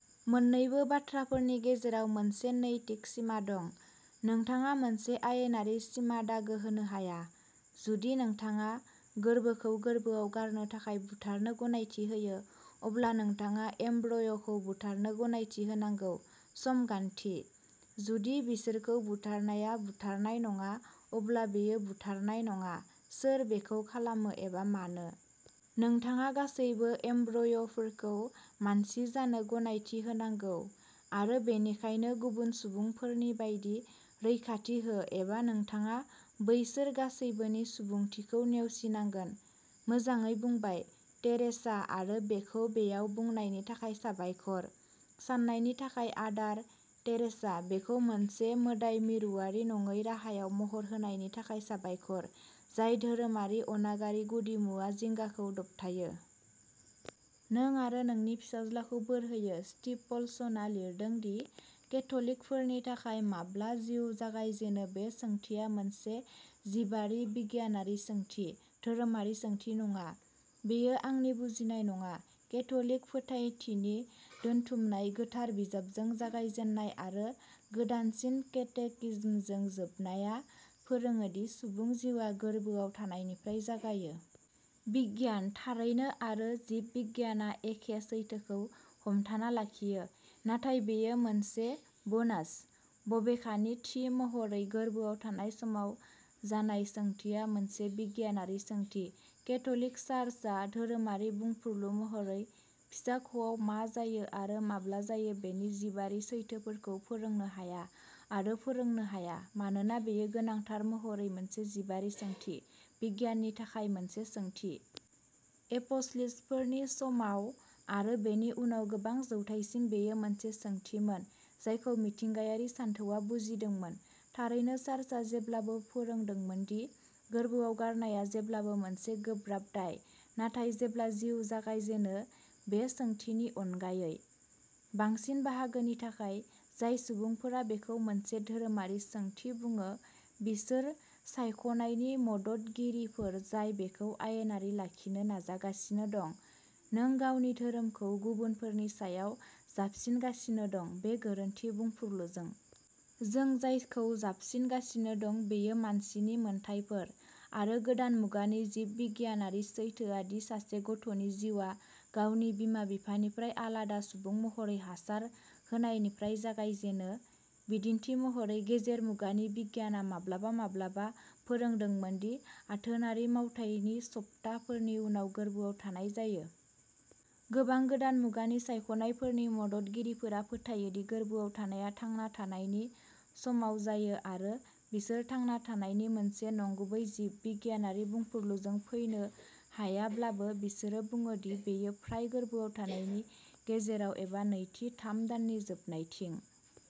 मोन्नैबो बाथ्राफोरनि गेजेराव मोनसे नैतिक सिमा दं, नोंथाङा मोनसे आयेनारि सिमा दागो होनो हाया। जुदि नोंथाङा गोर्बोखौ गोर्बोआव गारनो थाखाय बुथारनो गनायथि होयो, अब्ला नोंथाङा एम्ब्रय'खौ बुथारनो गनायथि होनांगौ, समगान्थि। जुदि बिसोरखौ बुथारनाया बुथारनाय नङा, अब्ला बेयो बुथारनाय नङा, सोर बेखौ खालामो एबा मानो। नोंथाङा गासैबो एम्ब्रय'फोरखौ मानसि जानो गनायथि होनांगौ, आरो बेनिखायनो गुबुन सुबुंफोरनि बायदि रैखाथि हो, एबा नोंथाङा बैसोर गासैबोनि सुबुंथिखौ नेवसिनांगोन। मोजाङै बुंबाय, टेरेसा, आरो बेखौ बेयाव बुंनायनि थाखाय साबायखर! साननायनि थाखाय आदार, टेरेसा; बेखौ मोनसे मोदाय-मिरुआरि नङै राहायाव महर होनायनि थाखाय साबायखर, जाय धोरोमारि अनागारि गुदिमुवा जिंगाखौ दबथायो। नों आरो नोंनि फिसाज्लाखौ बोर होयो। स्टिभ पलसनआ लिरदों दि, केथ'लिकफोरनि थाखाय, माब्ला जिउ जागायजेनो बे सोंथिया मोनसे जिबारि बिगियानारि सोंथि, धोरोमारि सोंथि नङा। बेयो आंनि बुजिनाय नङा। केथ'लिक फोथायथिनि दोनथुमनाय, गोथार बिजाबजों जागायजेन्नाय आरो गोदानसिन केटेकिज्मजों जोबनाया, फोरोङो दि सुबुं जिउआ गोर्बोआव थानायनिफ्राय जागायो। बिगियान थारैनो, आरो जिब बिगियानआ एखे सैथोखौ हमथाना लाखियो, नाथाय बेयो मोनसे बोनास। बबेखानि, थि महरै गोर्बोआव थानाय समाव जानाय सोंथिया मोनसे बिगियानारि सोंथि। केथ'लिक चार्चआ धोरोमारि बुंफुरलु महरै फिसाख'आव मा जायो आरो माब्ला जायो बेनि जिबारि सैथोफोरखौ फोरोंनो हाया आरो फोरोंनो हाया, मानोना बेयो गोनांथार महरै मोनसे जिबारि सोंथि, बिगियाननि थाखाय मोनसे सोंथि। एप'स्लिसफोरनि समाव आरो बेनि उनाव गोबां जौथायसिम बेयो मोनसे सोंथिमोन जायखौ मिथिंगायारि सानथौआ बुजिदोंमोन। थारैनो चार्चआ जेब्लाबो फोरोंदोंमोन दि गोर्बोआव गारनाया जेब्लाबो मोनसे गोब्राब दाय, नाथाय जेब्ला जिउ जागायजेनो बे सोंथिनि अनगायै।। बांसिन बाहागोनि थाखाय, जाय सुबुंफोरा बेखौ मोनसे धोरोमारि सोंथि बुङो बिसोर सायख'नायनि मददगिरिफोर जाय बेखौ आयेनारि लाखिनो नाजागासिनो दं "नों गावनि धोरोमखौ गुबुनफोरनि सायाव जाबसिनगासिनो दं" बे गोरोन्थि बुंफुरलुजों। जों जायखौ जाबसिनगासिनो दं बेयो मानसिनि मोनथायफोर। आरो गोदान मुगानि जिब बिगियानारि सैथोआ दि सासे गथ'नि जिउआ गावनि बिमा-बिफानिफ्राय आलादा सुबुं महरै हासार होनायनिफ्राय जागायजेनो। बिदिन्थि महरै, गेजेर मुगानि बिगियानआ माब्लाबा-माब्लाबा फोरोंदोंमोन दि आथोनारि मावथायनि सप्ताफोरनि उनाव गोर्बोआव थानाय जायो। गोबां गोदान मुगानि सायख'नायफोरनि मददगिरिफोरा फोथायो दि गोर्बोआव थानायआ "थांना थानायनि" समाव जायो आरो बिसोर "थांना थानायनि" मोनसे नंगुबै जिब बिगियानारि बुंफुरलुजों फैनो हायाब्लाबो बिसोरो बुङो दि बेयो फ्राय गोर्बोआव थानायनि गेजेराव एबा नैथि थाम दाननि जोबनायथिं।